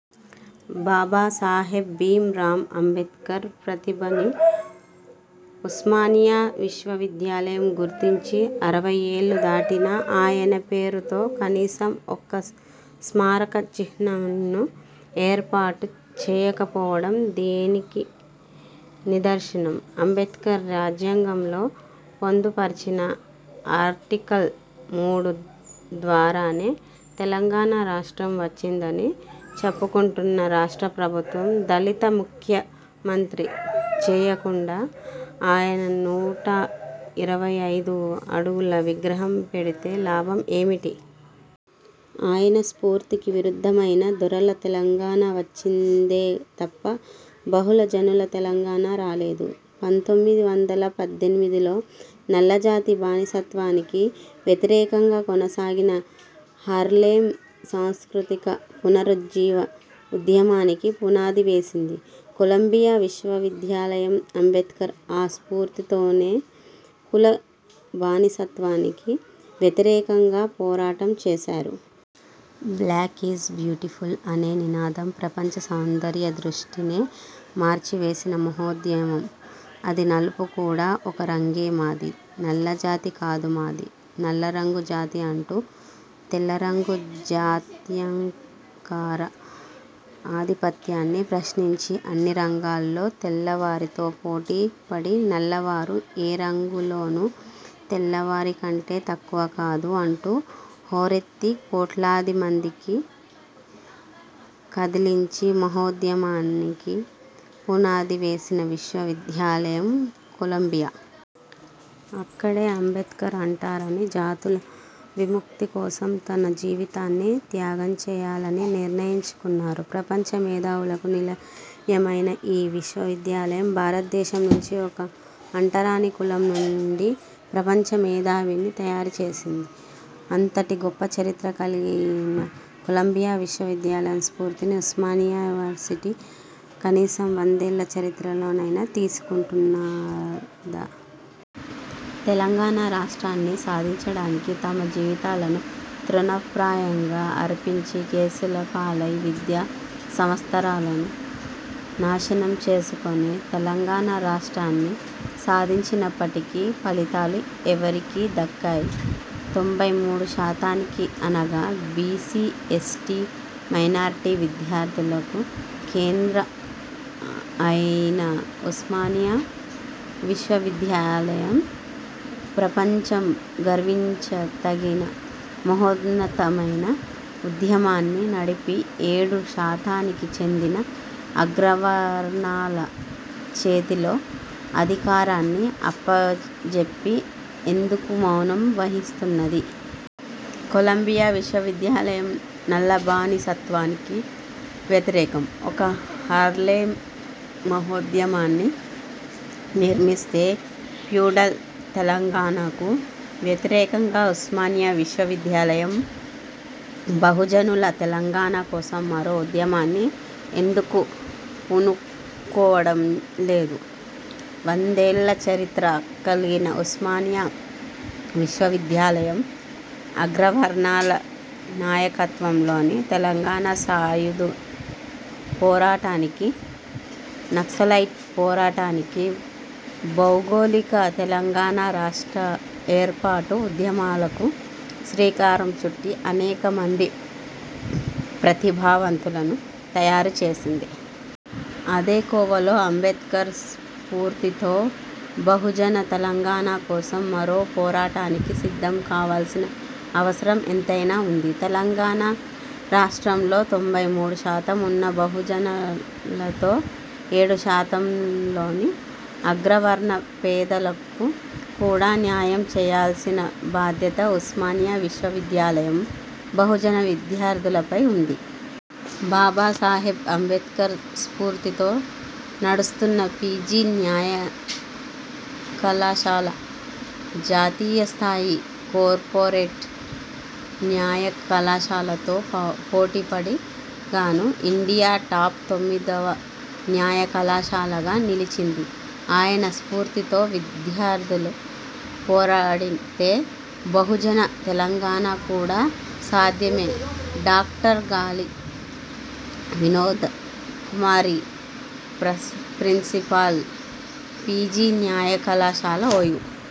బాబాసాహెబ్ భీం రామ్ అంబేడ్కర్ ప్రతిభని ఉస్మానియా విశ్వ విద్యాలయం గుర్తించి అరవై ఏళ్ళు దాటినా ఆయన పేరుతో కనీసం ఒక్క స్మారక చిహ్నంను ఏర్పాటు చేయకపోవడం దేనికి నిదర్శనం? అంబేడ్కర్ రాజ్యాంగంలో పొందుపర్చిన 'ఆర్టికల్ మూడు' ద్వారానే తెలంగాణ రాష్ట్రం వచ్చిందని చెప్పుకుంటున్న రాష్ట్ర ప్రభుత్వం దళిత ముఖ్య మంత్రిని చేయకుండా ఆయన నూట ఇరవై ఐదు అడుగుల విగ్రహం పెడితే లాభం ఏమిటి? ఆయన స్ఫూర్తికి విరుద్ధమైన దొరల తెలంగాణ వచ్చిందే తప్పా బహు జనుల తెలంగాణ రాలేదు. పంతొమ్మిది వందల పద్దెనిమిదిలో నల్లజాతి బానిసత్వానికి వ్యతిరేకంగా కొనసాగిన హార్లేమ్ సాంస్కృతిక పునరుజ్జీవ ఉద్యమానికి పునాది వేసింది కొలంబియా విశ్వవిద్యాలయం. అంబేడ్కర్ ఆ స్ఫూర్తితోనే కుల బానిసత్వానికి వ్యతిరేకంగా పోరాటం చేసారు. బ్లాక్ ఈజ్ బ్యూటిఫుల్ అనే నినాదం ప్రపంచ సౌందర్య దృష్టినే మార్చివేసిన మహోద్యమం అది. నలుపు కూడా ఒక రంగే మాది నల్లజాతి కాదు మాది నల్లరంగు జాతి అంటూ తెల్లరంగు జాత్యంకార ఆధిపత్యాన్ని ప్రశ్నించి అన్ని రంగాల్లో తెల్ల వారితో పోటీ పడి నల్ల వారు ఏ రంగంలోనూ తెల్లవారి కంటే తక్కువ కాదు అంటూ హోరెత్తి కోట్లాది మందినికి కదిలించి మహోద్యమానికి పునాది వేసిన విశ్వ విద్యాలయం కొలంబియా. అక్కడే అంబేడ్కర్ అంటరాని జాతుల విముక్తి కోసం తన జీవితాన్ని త్యాగం చేయాలని నిర్ణయించుకున్నారు. ప్రపంచ మేధావులకు నిలయమైన ఈ విశ్వవిద్యాలయం భారతదేశం నుంచి ఒక అంటరాని కులం నుండి ప్రపంచ మేధావిని తయారుచేసింది. అంతటి గొప్పచరిత్ర కల్గిన కొలంబియా విశ్వ విద్యాలయ స్ఫూర్తిని ఉస్మానియా వర్సిటీ కనీసం వందేళ్ళ చరిత్రలోనైనా తీసుకుంటున్నదా? తెలంగాణ రాష్ట్రాన్ని సాధించడానికి తమ జీవితాలను తృణ ప్రాయంగా అర్పించి కేసుల పాలై విద్యా సంవత్సరాలను నాశనం చేసుకొని తెలంగాణ రాష్ట్రాన్ని సాధించినప్పటికి ఫలితాలు ఎవరికి దక్కాయి? తొంభై మూడు శాతానికి అనగా బీసీ ఎస్టీ మైనార్టీ విద్యార్థులకు కేంద్ర అయిన ఉస్మానియా విశ్వ విద్యాలయం ప్రపంచం గర్వించ తగిన మహోన్నతమైన ఉద్యమాన్ని నడిపి ఏడు శాతానికి చెందిన అగ్రవర్ణాల చేతిలో అధికారాన్ని అప్ప జెప్పి ఎందుకు మౌనం వహిస్తున్నది? కొలంబియా విశ్వవిద్యాలయం నల్లబానిసత్వానికి వ్యతిరేకం ఒక హర్లేమ్ మహోద్యమాన్ని నిర్మిస్తే ఫ్యూడల్ తెలంగాణకు వ్యతిరేకంగా ఉస్మానియా విశ్వ విద్యాలయం బహుజనుల తెలంగాణ కోసం మరో ఉద్యమానికి ఎందుకు పూనుకోవడం లేదు? వందేళ్ళ చరిత్ర కల్గిన ఉస్మానియా విశ్వ విద్యాలయం అగ్రవర్ణాల నాయకత్వంలోని తెలంగాణ సాయుధ పోరాటానికి, నక్సలైట్ పోరాటానికి, భౌగోళిక తెలంగాణ రాష్ట్ర ఏర్పాటు ఉద్యమాలకు శ్రీకారం చుట్టి, అనేక మంది ప్రతిభావంతులను తయారు చేసింది. అదే కోవలో అంబేడ్కర్ స్ఫూర్తితో బహుజన తెలంగాణ కోసం మరో పోరాటానికి సిద్ధం కావాల్సిన అవసరం ఎంతైనా ఉంది. తెలంగాణ రాష్ట్రంలో తొంభై మూడు శాతం ఉన్న బహుజనులతో ఏడు శాతంలోని అగ్రవర్ణ పేదలకు కూడా న్యాయం చేయాల్సిన బాధ్యత ఉస్మానియా విశ్వవిద్యాలయం బహుజన విద్యార్థులపై ఉంది. బాబాసాహెబ్ అంబేడ్కర్ స్ఫూర్తితో నడుస్తున్న పీజీ న్యాయకళాశాల, జాతీయ స్థాయి కార్పొరేట్ న్యాయ కళాశాలతో పోటీపడి గాను ఇండియా టాప్ తొమ్మిదివ న్యాయ కళాశాలగా నిలిచింది. ఆయన స్ఫూర్తితో విద్యార్థులు పోరాడితే బహుజన తెలంగాణ కూడా సాధ్యమే. Doctor Gali Vinod Kumari principal, PG న్యాయకళాశాల, ఓయూ